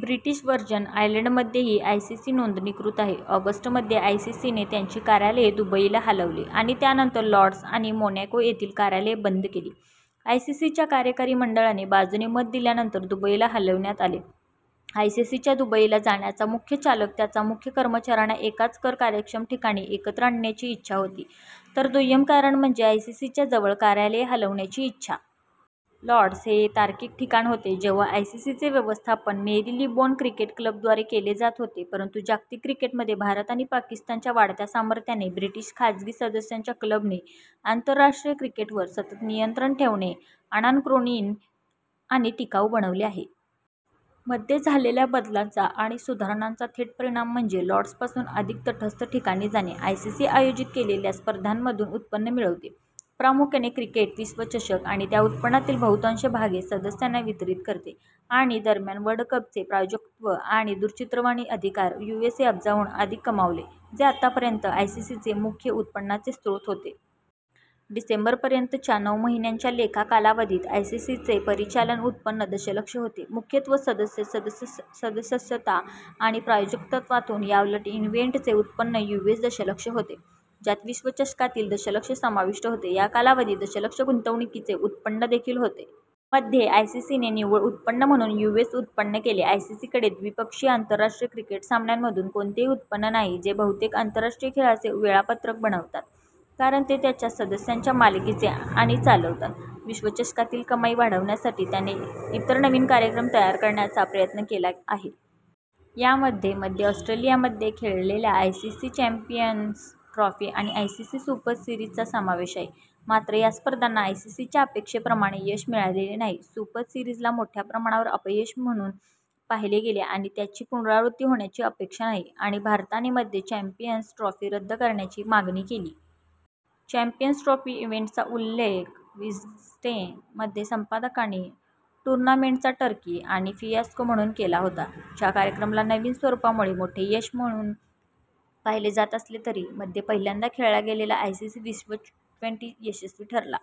British Virgin आयलंडमध्येही ICC नोंदणीकृत आहे. ऑगस्ट मध्ये, आयसीसीने त्यांची कार्यालये दुबईला हलवली आणि त्यानंतर लॉर्ड्स आणि मोनॅको येथील कार्यालये बंद केली. आयसीसीच्या कार्यकारी मंडळाने बाजूने - मत दिल्यानंतर दुबईला हलविण्यात आले.। आयसीसीच्या दुबईला जाण्याचा मुख्य चालक त्याच्या मुख्य कर्मचाऱ्यांना एकाच कर-कार्यक्षम ठिकाणी एकत्र आणण्याची इच्छा होती, तर दुय्यम कारण म्हणजे आयसीसीच्या जवळ कार्यालये हलवण्याची इच्छा. लॉर्ड्स हे तार्किक ठिकाण होते जेव्हा आयसीसीचे व्यवस्थापन मेरीलेबोन क्रिकेट क्लब द्वारे केले जात होते. परंतु जागतिक क्रिकेटमध्ये भारत आणि पाकिस्तानच्या वाढत्या सामर्थ्याने ब्रिटिश खाजगी सदस्यांच्या क्लबने आंतरराष्ट्रीय क्रिकेटवर सतत नियंत्रण ठेवणे अनाक्रोनिक आणि टिकाऊ बनवले आहे. मध्ये झालेल्या बदलांचा आणि सुधारणांचा थेट परिणाम म्हणजे लॉर्ड्सपासून अधिक तटस्थ ठिकाणी जाणे. आयसीसी आयोजीत केलेल्या स्पर्धांमधून उत्पन्न मिळवते, प्रामुख्याने क्रिकेट विश्वचषक, आणि त्या उत्पन्नातील बहुतांश भाग ते सदस्यांना वितरीत करते. आणि दरम्यान वर्ल्ड कपचे प्रायोजकत्व आणि दूरचित्रवाणी अधिकार यूएस अब्जाहून अधिक कमावले, जे आतापर्यंत आयसीसीचे मुख्य उत्पन्नाचे स्रोत होते. डिसेंबर पर्यंतच्या नऊ महिन्यांच्या लेखा कालावधीत आयसीसीचे परिचालन उत्पन्न दशलक्ष होते, मुख्यत्वे सदस्य सदस्यता आणि प्रायोजकत्वातून. याउलट, इव्हेंटचे उत्पन्न यूएस दशलक्ष होते, ज्यात विश्वचषकातील दशलक्ष समाविष्ट होते. या कालावधीत दशलक्ष गुंतवणुकीचे उत्पन्न देखील होते. मध्ये आयसीसीने निव्वळ उत्पन्न म्हणून यूएस उत्पन्न केले. आयसीसीकडे द्विपक्षीय आंतरराष्ट्रीय क्रिकेट सामन्यांमधून कोणतेही उत्पन्न नाही, जे बहुतेक आंतरराष्ट्रीय खेळाचे वेळापत्रक बनवतात, कारण ते त्याच्या सदस्यांच्या मालकीचे आणि चालवतात. विश्वचषकातील कमाई वाढवण्यासाठी त्याने इतर नवीन कार्यक्रम तयार करण्याचा प्रयत्न केला आहे. यामध्ये मध्ये ऑस्ट्रेलियामध्ये खेळलेल्या आयसीसी चॅम्पियन्स ट्रॉफी आणि आयसीसी सुपर सीरिजचा समावेश आहे. मात्र, या स्पर्धांना आयसीसीच्या अपेक्षेप्रमाणे यश मिळालेले नाही. सुपर सिरीजला मोठ्या प्रमाणावर अपयश म्हणून पाहिले गेले आणि त्याची पुनरावृत्ती होण्याची अपेक्षा नाही आणि भारताने मध्ये चॅम्पियन्स ट्रॉफी रद्द करण्याची मागणी केली. चॅम्पियन्स ट्रॉफी इव्हेंटचा उल्लेख विस्डेन मध्ये संपादकाने "टूर्नामेंटचा टर्की" आणि "फियास्को" म्हणून केला होता; च्या कार्यक्रमाला नवीन स्वरूपामुळे मोठे यश म्हणून पाहिले जात असले तरी. मध्ये पहिल्यांदा खेळला गेलेला आयसीसी विश्व ट्वेंटी- यशस्वी ठरला.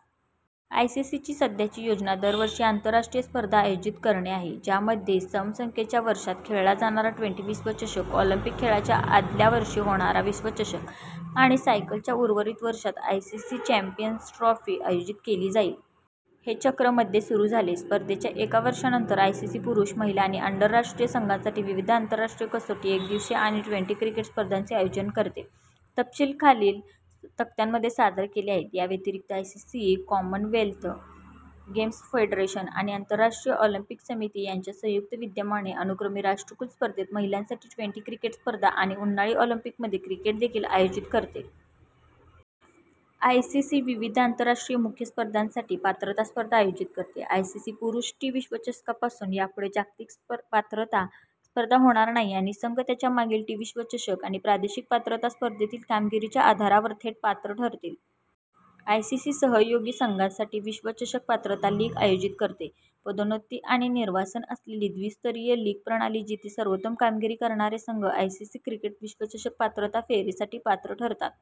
आयसीसीची सध्याची योजना दरवर्षी आंतरराष्ट्रीय स्पर्धा आयोजित करणे आहे, ज्यामध्ये सम संख्येच्या वर्षांत खेळला जाणारा ट्वेंटी- विश्वचषक, ऑलिम्पिक खेळांच्या आदल्या वर्षी होणारा विश्वचषक आणि सायकलच्या उर्वरित वर्षात आयसीसी चॅम्पियन्स ट्रॉफी आयोजित केली जाईल. हे चक्र मध्ये सुरू झाले, स्पर्धेच्या एका वर्षानंतर. आयसीसी पुरुष, महिला आणि अंडर- राष्ट्रीय संघांसाठी विविध आंतरराष्ट्रीय कसोटी, एकदिवसीय आणि ट्वेन्टी- क्रिकेट स्पर्धांचे आयोजन करते. तपशील खालील तक्त्यामध्ये सादर केले आहेत: याव्यतिरिक्त, आयसीसी कॉमनवेल्थ गेम्स फेडरेशन आणि आंतरराष्ट्रीय ऑलिम्पिक समिती यांच्या संयुक्त विद्यमाने अनुक्रमे राष्ट्रकुल स्पर्धेत महिलांसाठी ट्वेंटी- क्रिकेट स्पर्धा आणि उन्हाळी ऑलिंपिकमध्ये क्रिकेट देखील आयोजित करते. आयसीसी विविध आंतरराष्ट्रीय मुख्य स्पर्धांसाठी पात्रता स्पर्धा आयोजित करते. आयसीसी पुरुष टी- विश्वचषकपासून, यापुढे जागतिक पात्रता स्पर्धा होणार नाही आणि संघ त्यांच्या मागील टी- विश्वचषक आणि प्रादेशिक पात्रता स्पर्धेतील कामगिरीच्या आधारावर थेट पात्र ठरतील. आयसीसी सहयोगी संघांसाठी विश्वचषक पात्रता लीग आयोजित करते. पदोन्नती आणि निर्वासन असलेली द्वि-स्तरीय लीग प्रणाली जिथे सर्वोत्तम कामगिरी करणारे संघ आयसीसी क्रिकेट विश्वचषक पात्रता फेरीसाठी पात्र ठरतात.